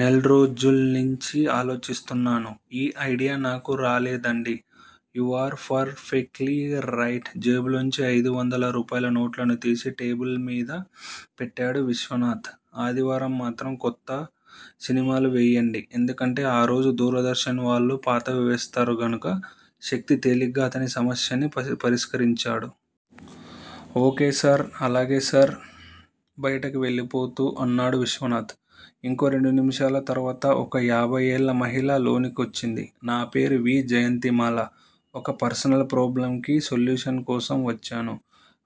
నెల్రోజుల్నించీ ఆలోచిస్తున్నాను. ఈ ఐడియా నాకు రాలేదండి. You are perfectly right జేబులోంచి ఐదువందల రూపాయల నోట్లను తీసి టేబిల్ మీద పెట్టాడు విశ్వనాథ్. ఆదివారం మాత్రం కొత్త సినిమాలు వెయ్యండి- ఎందుకంటే ఆ రోజు దూరదర్శన్ వాళ్ళు పాతవి వేస్తారు గనుక శక్తి తేలిగ్గా అతని సమస్యని పరిష్కరించాడు. ఓ. కే. సార్ అలాగే సర్ బయటికి వెళ్ళిపోతూ అన్నాడు విశ్వనాథ్? ఇంకో రెండు నిమిషాల తర్వాత ఒక యాభయ్ ఏళ్ళ మహిళ లోనికొచ్చింది. నా పేరు వి. జయంతిమాల ఒక పర్సనల్ ప్రోబ్లమ్ కి సొల్యూషన్ కోసం వచ్చాను.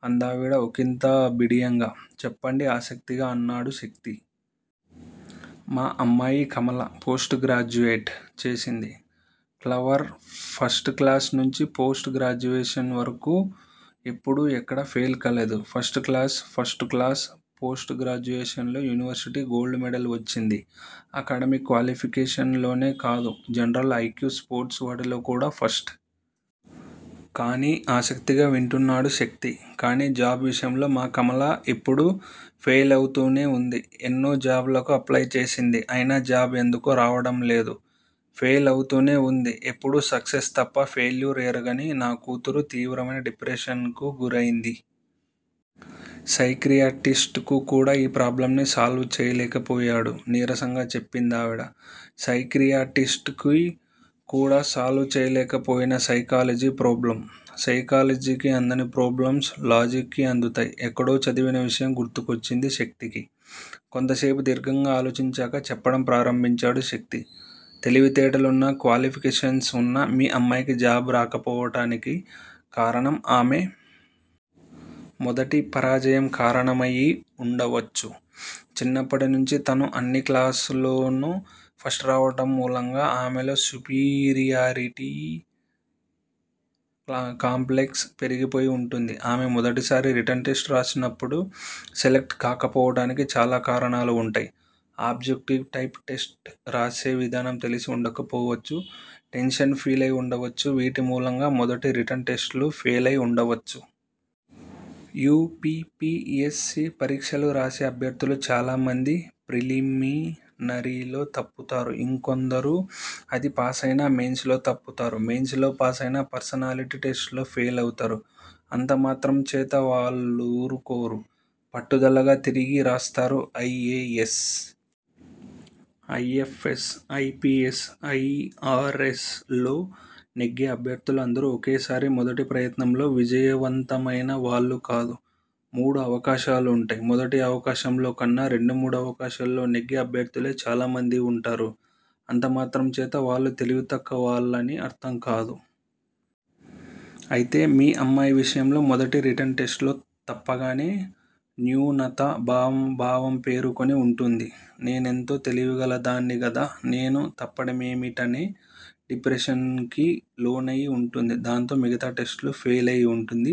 అందావిడ ఒకింత బిడియంగా. చెప్పండి ఆసక్తిగా అన్నాడు శక్తి. మా అమ్మాయి కమల- పోస్టుగ్రాడ్యుయేట్ చేసింది. క్లవర్ ఫస్ట్ క్లాస్ నుంచి పోస్ట్ గ్రాడ్యుయేషన్ వరకూ ఎప్పుడూ ఎక్కడా ఫెయిల్ కాలేదు. ఫస్ట్ క్లాస్ ఫస్టుక్లాస్ పోస్టుగ్రాడ్యుయేషన్ లో యూనివర్శిటీ గోల్డ్ మెడల్ వచ్చింది. అకాడమిక్ క్వాలిఫికేషన్ లోనే కాదు. జనరల్ ఐక్యూ స్పోర్ట్స్ వాటిలో కూడా ఫస్ట్. కానీ ఆసక్తిగా వింటున్నాడు శక్తి. కానీ జాబ్ విషయంలో మా కమల ఎప్పుడూ ఫెయిలౌతూనే వుంది. ఎన్నో జాబ్ లకు అప్లయ్ చేసింది. అయినా జాబ్ ఎందుకో రావడం లేదు. ఫెయిల్ అవుతూనే వుంది. ఎపుడూ సక్సెస్ తప్ప ఫెయిల్యూర్ ఎరగని నా కూతురు తీవ్రమైన డిప్రెషన్ కి గురయింది. సైక్రియాటిస్ట్ కు కూడా ఈ ప్రాబ్లమ్ ని సాల్వ్ చెయ్యలేకపోయాడు నీరసంగా చెప్పిందావిడ. సైక్రియాటిస్ట్ కి కూడా సాల్వ్ చెయ్యలేకపోయిన సైకాలజీ ప్రోబ్లమ్? సైలకాలజీకి అందని ప్రోబ్లమ్స్, లాజిక్ కి అందుతాయి. ఎక్కడో చదివిన విషయం గుర్తుకొచ్చింది శక్తికి. కొంతసేపు దీర్ఘంగా ఆలోచించాక చెప్పడం ప్రారంభించాడు శక్తి- తెలివితేటలున్నా- క్వాలిఫికేషన్స్ ఉన్నా మీ అమ్మాయికి జాబ్ రాకపోవటానికి కారణం. ఆమె మొదటి పరాజయం కారణమయి వుండవచ్చు. చిన్నప్పటి నుంచి తను అన్ని క్లాసుల్లోనూ ఫస్ట్ రావటం మూలంగా ఆమెలో సుపీరియారిటీ కాంప్లెక్స్ పెరిగిపోయి ఉంటుంది. ఆమె మొదటిసారి రిటన్ టెస్ట్ రాసినప్పుడు సెలక్ట్ కాకపోవటానికి చాలా కారణాలు ఉంటాయి. ఆబ్జెక్టివ్ టైప్ టెస్ట్ రాసే విధానం తెలిసి ఉండకపోవచ్చు- టెన్షన్ ఫీలయి ఉండవచ్చు- వీటిమూలంగా మొదటి రిటన్ టెస్ట్ లు ఫెయిల్ అయి ఉండవచ్చు. U. P. P. S. C. పరీక్షలు రాసే అభ్యర్థులు చాలామంది ప్రిలిమినరీలో తప్పుతారు. ఇంకొందరు అది పాసయినా మెయిన్స్ లో తప్పుతారు. మెయిన్స్ లో పాసయినా పర్సనాలిటీ టెస్ట్ లో ఫెయిలవుతారు. అంతమాత్రం చేత వాళ్ళూరుకోరు. పట్టుదలగా తిరిగి రాస్తారు. I. A. S., I. F. S., I. P. S., I. R. S. ల్లో నెగ్గే అభ్యర్థులు అందరూ ఒకేసారి మొదటి ప్రయత్నంలో విజయవంతమైన వాళ్ళు కాదు. మూడు అవకాశాలుంటాయి. మొదటి అవకాశంలో కన్నా, రెండు, మూడు అవకాశాల్లో నెగ్గే అభ్యర్థులే చాలామంది ఉంటారు. అంత మాత్రం చేత వాళ్ళు తెలివి తక్కువవాళ్ళని అర్థం కాదు. అయితే మీ అమ్మాయి విషయంలో మొదటి రిటన్ టెస్ట్ లో తప్పగానే న్యూనతా భావం పేరుకుని ఉంటుంది. నేనెంతో తెలివిగలదాన్ని గదా? నేను తప్పటమేమిటనే డిప్రెషన్ కి లోనయి వుంటుంది. దాంతో మిగతా టెస్ట్ లు ఫెయిలయి ఉంటుంది.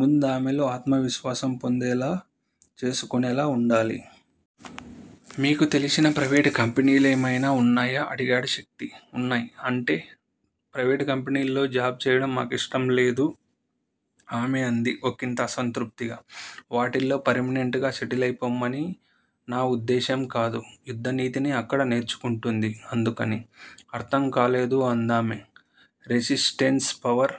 ముందామెలో ఆత్మవిశ్వాసం పొందేలా చేసుకొనేలా ఉండాలి. మీకు తెలిసిన ప్రయివేట్ కంపెనీలేమైనా ఉన్నాయా? అడిగాడు శక్తి. ఉన్నాయి. అంటే? ప్రైవేట్ కంపెనీల్లో జాబ్ చేయడం మా కిష్టం లేదు ఆమె అంది ఒకింత అసంతృప్తిగా. వాటిల్లో పర్మినెంట్ గా సెటిలైపొమ్మని నా ఉద్దేశం కాదు. యుద్ధనీతిని అక్కడ నేర్చుకుంటుంది. అందుకని. అర్థం కాలేదు అందామె. Resistance power